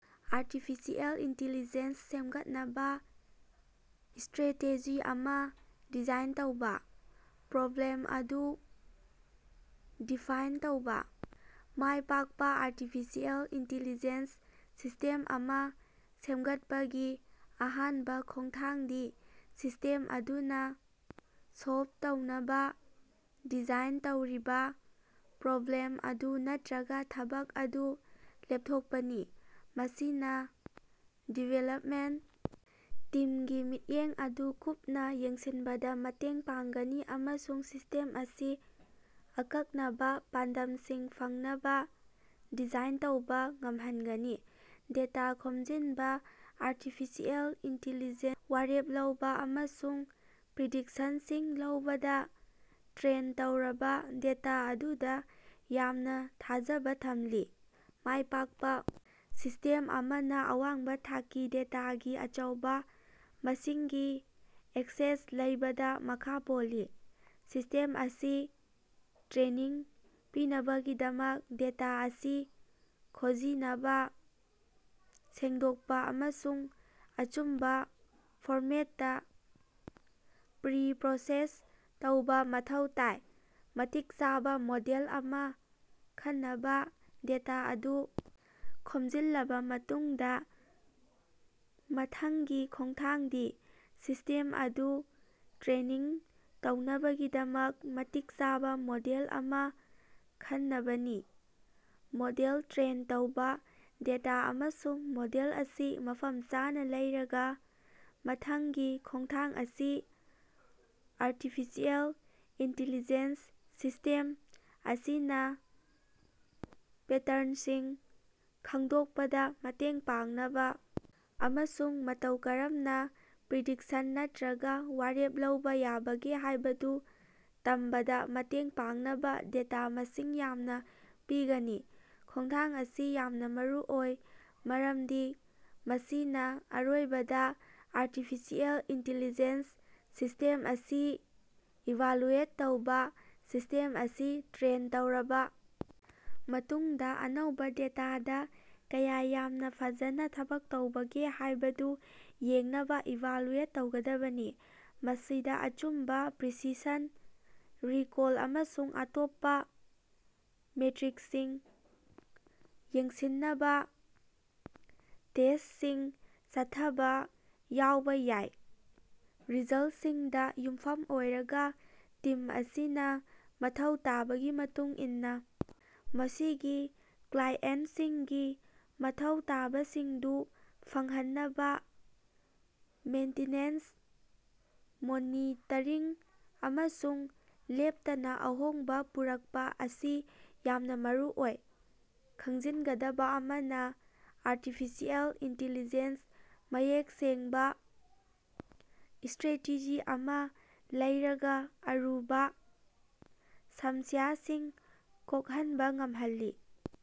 Artificial intelligence ꯁꯦꯝꯒꯠꯅꯕꯥ strategy ꯑꯃꯥ design ꯇꯧꯕꯥ꯫ ꯄ꯭ꯔꯣꯕ꯭ꯂꯦꯝ ꯑꯗꯨ ꯗꯤꯐꯥꯏꯟ ꯇꯧꯕꯥ: ꯃꯥꯢꯄꯥꯛꯅꯥ ꯑꯔꯇꯤꯐꯤꯁꯤꯑꯦꯜ ꯢꯟꯇꯦꯂꯤꯖꯦꯟꯁ ꯁꯤꯁꯇꯦꯝ ꯑꯃꯥ ꯁꯦꯃꯒꯠꯄꯒꯤ ꯑꯍꯥꯟꯕꯥ ꯈꯣꯡꯊꯥꯡꯗꯤ ꯁꯤꯁꯇꯦꯝ ꯑꯗꯨꯅꯥ ꯁꯣꯜꯕ ꯇꯧꯅꯕꯥ ꯗꯤꯖꯥꯏꯟ ꯇꯧꯔꯤꯕꯥ ꯄ꯭ꯔꯣꯕ꯭ꯂꯦꯝ ꯑꯗꯨ ꯅꯠꯇ꯭ꯔꯒꯥ ꯊꯕꯛ ꯑꯗꯨ ꯂꯦꯞꯊꯣꯛꯄꯅꯤ꯫ ꯃꯁꯤꯅꯥ ꯗꯤꯕꯦꯂꯞꯃꯦꯟꯇ ꯇꯤꯝꯒꯤ ꯃꯤꯠꯌꯦꯡ ꯑꯗꯨ ꯀꯨꯞꯅꯥ ꯌꯦꯡꯁꯤꯟꯕꯗꯥ ꯃꯇꯦꯡ ꯄꯥꯡꯒꯅꯤ ꯑꯃꯁꯨꯡ ꯁꯤꯁꯇꯦꯝ ꯑꯁꯤ ꯑꯀꯛꯅꯕꯥ ꯄꯥꯟꯗꯝꯁꯤꯡ ꯐꯪꯅꯕꯥ ꯗꯤꯖꯥꯏꯟ ꯇꯧꯕꯥ ꯉꯃꯍꯟꯒꯅꯤ꯫ ꯗꯦꯇꯥ ꯈꯣꯝꯖꯤꯟꯕꯥ: ꯑꯔꯇꯤꯐꯤꯁꯤꯑꯦꯜ ꯢꯟꯇꯦꯂꯤꯖꯦꯟꯁꯅꯥ ꯋꯥꯔꯦꯞ ꯂꯧꯕꯥ ꯑꯃꯁꯨꯡ ꯄ꯭ꯔꯤꯗꯤꯛꯁꯟꯁꯤꯡ ꯂꯧꯕꯗꯥ ꯇ꯭ꯔꯦꯟ ꯇꯧꯔꯕꯥ ꯗꯦꯇꯥ ꯑꯗꯨꯗꯥ ꯌꯥꯝꯅꯥ ꯊꯥꯖꯕꯥ ꯊꯝꯂꯤ꯫ ꯃꯥꯢꯄꯥꯛꯄꯥ ꯁꯤꯁꯇꯦꯝ ꯑꯃꯅꯥ ꯑꯋꯥꯡꯕꯥ ꯊꯥꯛꯀꯤ ꯗꯦꯇꯥꯒꯤ ꯑꯆꯧꯕꯥ ꯃꯁꯤꯡꯒꯤ ꯑꯦꯛꯁꯦꯁ ꯂꯩꯕꯗꯥ ꯃꯈꯥ ꯄꯣꯜꯂꯤ꯫ ꯁꯤꯁꯇꯦꯝ ꯑꯁꯤ ꯇ꯭ꯔꯦꯅꯤꯡ ꯄꯤꯅꯕꯒꯤꯗꯃꯛ ꯗꯦꯇꯥ ꯑꯁꯤ ꯈꯣꯖꯤꯅꯕꯥ, ꯁꯦꯡꯗꯣꯛꯄꯥ ꯑꯃꯁꯨꯡ ꯑꯆꯨꯝꯕꯥ ꯐꯣꯔꯃꯦꯠꯇꯥ ꯄ꯭ꯔꯤ-ꯄ꯭ꯔꯣꯁꯦꯁ ꯇꯧꯕꯥ ꯃꯊꯧ ꯇꯥꯏ꯫ ꯃꯇꯤꯛ ꯆꯥꯕꯥ ꯃꯣꯗꯦꯜ ꯑꯃꯥ ꯈꯅꯕꯥ: ꯗꯦꯇꯥ ꯑꯗꯨ ꯈꯣꯝꯖꯤꯜꯂꯕꯥ ꯃꯇꯨꯡꯗꯥ ꯃꯊꯪꯒꯤ ꯈꯣꯡꯊꯥꯡꯗꯤ ꯁꯤꯁꯇꯦꯝ ꯑꯗꯨ ꯇ꯭ꯔꯦꯅꯤꯡ ꯇꯧꯅꯕꯒꯤꯗꯃꯛ ꯃꯇꯤꯛ ꯆꯥꯕꯥ ꯃꯣꯗꯦꯜ ꯑꯃꯥ ꯈꯅꯕꯅꯤ꯫ꯃꯣꯗꯦꯜ ꯇ꯭ꯔꯦꯟ ꯇꯧꯕꯥ: ꯗꯦꯇꯥ ꯑꯃꯁꯨꯡ ꯃꯣꯗꯦꯜ ꯑꯁꯤ ꯃꯐꯝ ꯆꯥꯅꯥ ꯂꯩꯔꯒꯥ ꯃꯊꯪꯒꯤ ꯈꯣꯡꯊꯥꯡ ꯑꯁꯤ ꯑꯔꯇꯤꯐꯤꯁꯤꯑꯦꯜ ꯢꯟꯇꯦꯂꯤꯖꯦꯟꯁ ꯁꯤꯁ꯭ꯇꯦꯝ ꯑꯁꯤꯅꯥ ꯄꯦꯇꯔꯅꯁꯤꯡ ꯈꯪꯗꯣꯛꯄꯗꯥ ꯃꯇꯦꯡ ꯄꯥꯡꯅꯕꯥ ꯑꯃꯁꯨꯡ ꯃꯇꯧ ꯀꯔꯝꯅꯥ ꯄ꯭ꯔꯤꯗꯤꯛꯁꯟ ꯅꯠꯇ꯭ꯔꯒꯥ ꯋꯥꯔꯦꯞ ꯂꯧꯕꯥ ꯌꯥꯕꯒꯦ ꯍꯥꯢꯕꯗꯨ ꯇꯝꯕꯗꯥ ꯃꯇꯦꯡ ꯄꯥꯡꯅꯕꯥ ꯗꯦꯇꯥ ꯃꯁꯤꯡ ꯌꯥꯝꯅꯥ ꯄꯤꯒꯅꯤ꯫ ꯈꯣꯡꯊꯥꯡ ꯑꯁꯤ ꯌꯥꯝꯅꯥ ꯃꯔꯨꯑꯣꯏ, ꯃꯔꯝꯗꯤ ꯃꯁꯤꯅꯥ ꯑꯔꯣꯏꯕꯗꯥ ꯑꯔꯇꯤꯐꯤꯁꯤꯑꯦꯜ ꯢꯟꯇꯦꯂꯤꯖꯦꯟꯁ ꯁꯤꯁ꯭ꯇꯦꯝ ꯑꯁꯤ ꯏꯚꯥꯂꯨꯑꯦꯠ ꯇꯧꯕꯥ: ꯁꯤꯁ꯭ꯇꯦꯝ ꯑꯁꯤ ꯇ꯭ꯔꯦꯟ ꯇꯧꯔꯕꯥ ꯃꯇꯨꯡꯗꯥ ꯑꯅꯧꯕꯥ ꯗꯦꯇꯥꯗꯥ ꯀꯌꯥ ꯌꯥꯝꯅꯥ ꯐꯖꯅꯥ ꯊꯕꯛ ꯇꯧꯕꯒꯦ ꯍꯥꯌꯕꯗꯨ ꯌꯦꯡꯅꯕꯥ ꯏꯚꯥꯂꯨꯑꯦꯠ ꯇꯧꯒꯗꯕꯅꯤ꯫ ꯃꯁꯤꯗꯥ ꯑꯆꯨꯝꯕꯥ, ꯄ꯭ꯔꯤꯁꯤꯁꯟ, ꯔꯤꯀꯣꯜ ꯑꯃꯁꯨꯡ ꯑꯇꯣꯞꯄꯥ ꯃꯦꯇ꯭ꯔꯤꯀꯁꯤꯡ ꯌꯦꯡꯁꯤꯟꯅꯕꯥ ꯇꯦꯁꯇꯁꯤꯡ ꯆꯠꯊꯕꯥ ꯌꯥꯎꯕꯥ ꯌꯥꯏ꯫ ꯔꯤꯖꯜꯇꯁꯤꯡꯗꯥ ꯌꯨꯝꯐꯝ ꯑꯣꯏꯔꯒꯥ ꯇꯤꯝ ꯑꯁꯤꯅꯥ ꯃꯊꯧ ꯇꯥꯕꯒꯤ ꯃꯇꯨꯡ ꯏꯟꯅꯥ ꯃꯁꯤꯒꯤ ꯀ꯭ꯂꯥꯏꯑꯦꯟꯇꯁꯤꯡꯒꯤ ꯃꯊꯧ ꯇꯥꯕꯁꯤꯡꯗꯨ ꯐꯪꯍꯟꯅꯕꯥ ꯃꯦꯟꯇꯤꯅꯦꯟꯁ, ꯃꯣꯅꯤꯇꯔꯤꯡ ꯑꯃꯁꯨꯡ ꯂꯦꯞꯇꯅꯥ ꯑꯍꯣꯡꯕꯥ ꯄꯨꯔꯛꯄꯥ ꯑꯁꯤ ꯌꯥꯝꯅꯥ ꯃꯔꯨꯑꯣꯏ꯫ ꯈꯪꯖꯤꯟꯒꯗꯕꯥ ꯑꯃꯅꯥ, ꯑꯔꯇꯤꯐꯤꯁꯤꯑꯦꯜ ꯢꯟꯇꯦꯂꯤꯖꯦꯟꯁ ꯃꯌꯦꯛ ꯁꯦꯡꯕꯥ ꯁꯇ꯭ꯔꯦꯇꯦꯖꯤ ꯑꯃꯥ ꯂꯩꯔꯒꯥ ꯑꯔꯨꯕꯥ ꯁꯝꯁ꯭ꯌꯥꯁꯤꯡ ꯀꯣꯛꯍꯟꯕꯥ ꯉꯝꯍꯜꯂꯤ꯫